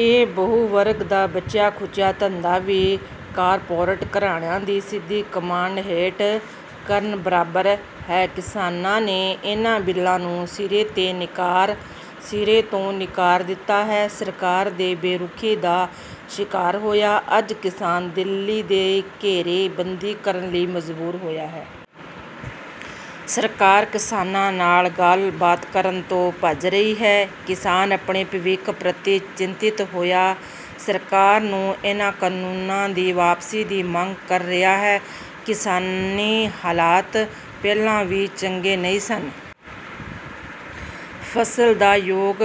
ਇਹ ਬਹੂ-ਵਰਗ ਦਾ ਬਚਿਆ ਖੁਚਿਆ ਧੰਦਾ ਵੀ ਕਾਰਪੋਰੇਟ ਘਰਾਣਿਆਂ ਦੀ ਸਿੱਧੀ ਕਮਾਂਡ ਹੇਠ ਕਰਨ ਬਰਾਬਰ ਹੈ। ਕਿਸਾਨਾਂ ਨੇ ਇਹਨਾ ਬਿੱਲਾਂ ਨੂੰ ਸਿਰੇ ਤੋਂ ਨਿਕਾਰ ਦਿੱਤਾ ਹੈ। ਸਰਕਾਰਾਂ ਦੀ ਬੇਰੁਖ਼ੀ ਦਾ ਸ਼ਿਕਾਰ ਹੋਇਆ ਅੱਜ ਕਿਸਾਨ ਦਿੱਲੀ ਦੀ ਘੇਰੇ ਬੰਦੀ ਕਰਨ ਲਈ ਮਜਬੂਰ ਹੋਇਆ ਹੈ। ਸਰਕਾਰ ਕਿਸਾਨਾਂ ਨਾਲ ਗੱਲ ਕਰਨ ਤੋਂ ਭੱਜ ਰਹੀ ਹੈ। ਕਿਸਾਨ ਆਪਣੇ ਭਵਿੱਖ ਪ੍ਰਤੀ ਚਿੰਤਤ ਹੋਇਆ ਸਰਕਾਰ ਨੂੰ ਇਹਨਾਂ ਕਾਨੂੰਨਾਂ ਦੀ ਵਾਪਸੀ ਦੀ ਮੰਗ ਕਰ ਰਿਹਾ ਹੈ, ਕਿਸਾਨੀ ਹਾਲਤ ਪਹਿਲਾ ਵੀ ਚੰਗੇ ਨਹੀਂ ਸਨ। ਫਸਲ ਦਾ ਯੋਗ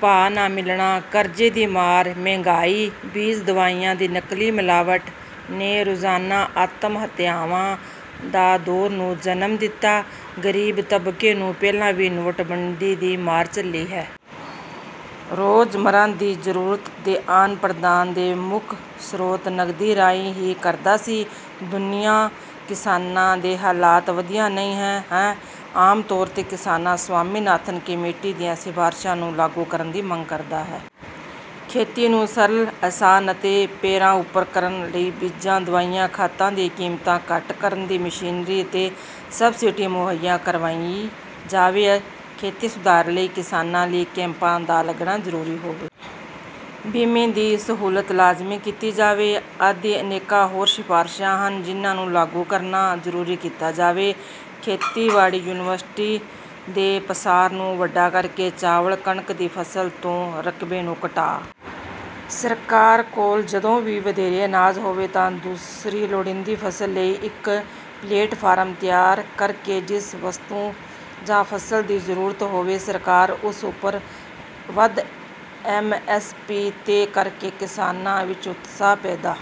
ਭਾਅ ਨਾਂ ਮਿਲਣਾ, ਕਰਜ਼ੇ ਦੀ ਮਾਰ, ਮਹਿਗਾਈ, ਬੀਜ ਦਵਾਈਆਂ ਦੀ ਨਕਲੀ ਮਿਲਾਵਟ ਨੇ ਰੋਜ਼ਾਨਾ ਆਤਮਹੱਤਿਆਵਾਂ ਦਾ ਦੌਰ ਨੂੰ ਜਨਮ ਦਿੱਤਾ। ਗਰੀਬ ਤਬਕੇ ਨੇ ਪਹਿਲਾ ਵੀ ਨੋਟ ਬੰਦੀ ਦੀ ਮਾਰ ਝੱਲੀ ਹੈ। ਰੋਜ਼-ਮਰ੍ਹਾ ਦੀ ਜ਼ਰੂਰਤ ਦੇ ਆਨ ਪ੍ਰਦਾਨ ਦੇ ਮੁੱਖ ਸਰੋਤ ਨਗਦੀ ਰਾਹੀਂ ਹੀ ਕਰਦਾ ਸੀ। ਦੁਨਿਆ ਵਿੱਚ ਕਿਸਾਨਾਂ ਦੇ ਹਾਲਾਤ ਵਧੀਆ ਨਹੀਂ ਹੈ। ਆਮ ਤੌਰ ਤੇ ਕਿਸਾਨ ਸੁਆਮੀਨਾਥਨ ਕਮੇਟੀ ਦੀਆਂ ਸ਼ਿਫਾਰਸ਼ਾਂ ਨੂੰ ਲਾਗੂ ਕਰਨ ਦੀ ਮੰਗ ਕਰਦਾ ਹੈ। ਖੇਤੀ ਨੂੰ ਸਰਲ, ਆਸਾਨ ਅਤੇ ਪੈਰਾਂ ਉਪਰ ਕਰਨ ਲਈ ਬੀਜਾਂ, ਦਵਾਈਆਂ, ਖਾਦਾਂ ਦੀਆਂ ਕੀਮਤਾਂ ਘੱਟ ਕਰਨ, ਅਤੇ ਮਸ਼ੀਨਰੀ ਤੇ ਸਬਸਿਡੀ ਮੁਹੱਈਆ ਕਰਵਾਈ ਜਾਵੇ। ਖੇਤੀ ਸੁਧਾਰ ਲਈ ਕਿਸਾਨਾਂ ਲਈ ਕੈਂਪਾਂ ਦਾ ਲੱਗਣਾ ਜ਼ਰੂਰੀ ਹੋਵੇ। ਬੀਮੇ ਦੀ ਸਹੁੱਲਤ ਲਾਜ਼ਮੀ ਕੀਤੀ ਜਾਵੇ ਆਦਿ ਅਨੇਕਾਂ ਹੋਰ ਸ਼ਿਫਾਰਸ਼ਾ ਹਨ ਜਿੰਨਾਂ ਨੂੰ ਲਾਗੂ ਕਰਨਾ ਜ਼ਰੂਰੀ ਕੀਤਾ ਜਾਵੇ। ਖੇਤੀਬਾੜੀ ਯੂਨੀਵਰਸੀਟੀ ਦੇ ਪਸਾਰ ਨੂੰ ਵੱਡਾ ਕਰਕੇ ਚਾਵਲ, ਕਣਕ ਦੀ ਫਸਲ ਤੋ ਰਕਬੇ ਨੂੰ ਘਟਾ ਸਰਕਾਰ ਕੋਲ ਜਦੋ ਵੀ ਵਧੇਰੇ ਅਨਾਜ ਹੋਵੇ ਤਾਂ ਦੂਸਰੀ ਲੋੜੀਂਦੀ ਫਸਲ ਲਈ ਇਕ ਪਲੇਟਫਾਰਮ ਤਿਆਰ ਕਰਕੇ, ਜਿਸ ਵਸਤੂ ਜਾਂ ਫਸਲ ਦੀ ਜਰੂਰਤ ਹੋਵੇ ਸਰਕਾਰ ਉਸ ਉਪਰ ਵੱਧ ਐਮ ਐਸ ਪੀ ਤਹਿ ਕਰਕੇ ਕਿਸਾਨਾਂ ਵਿੱਚ ਉਤਸ਼ਾਹ ਪੈਦਾ...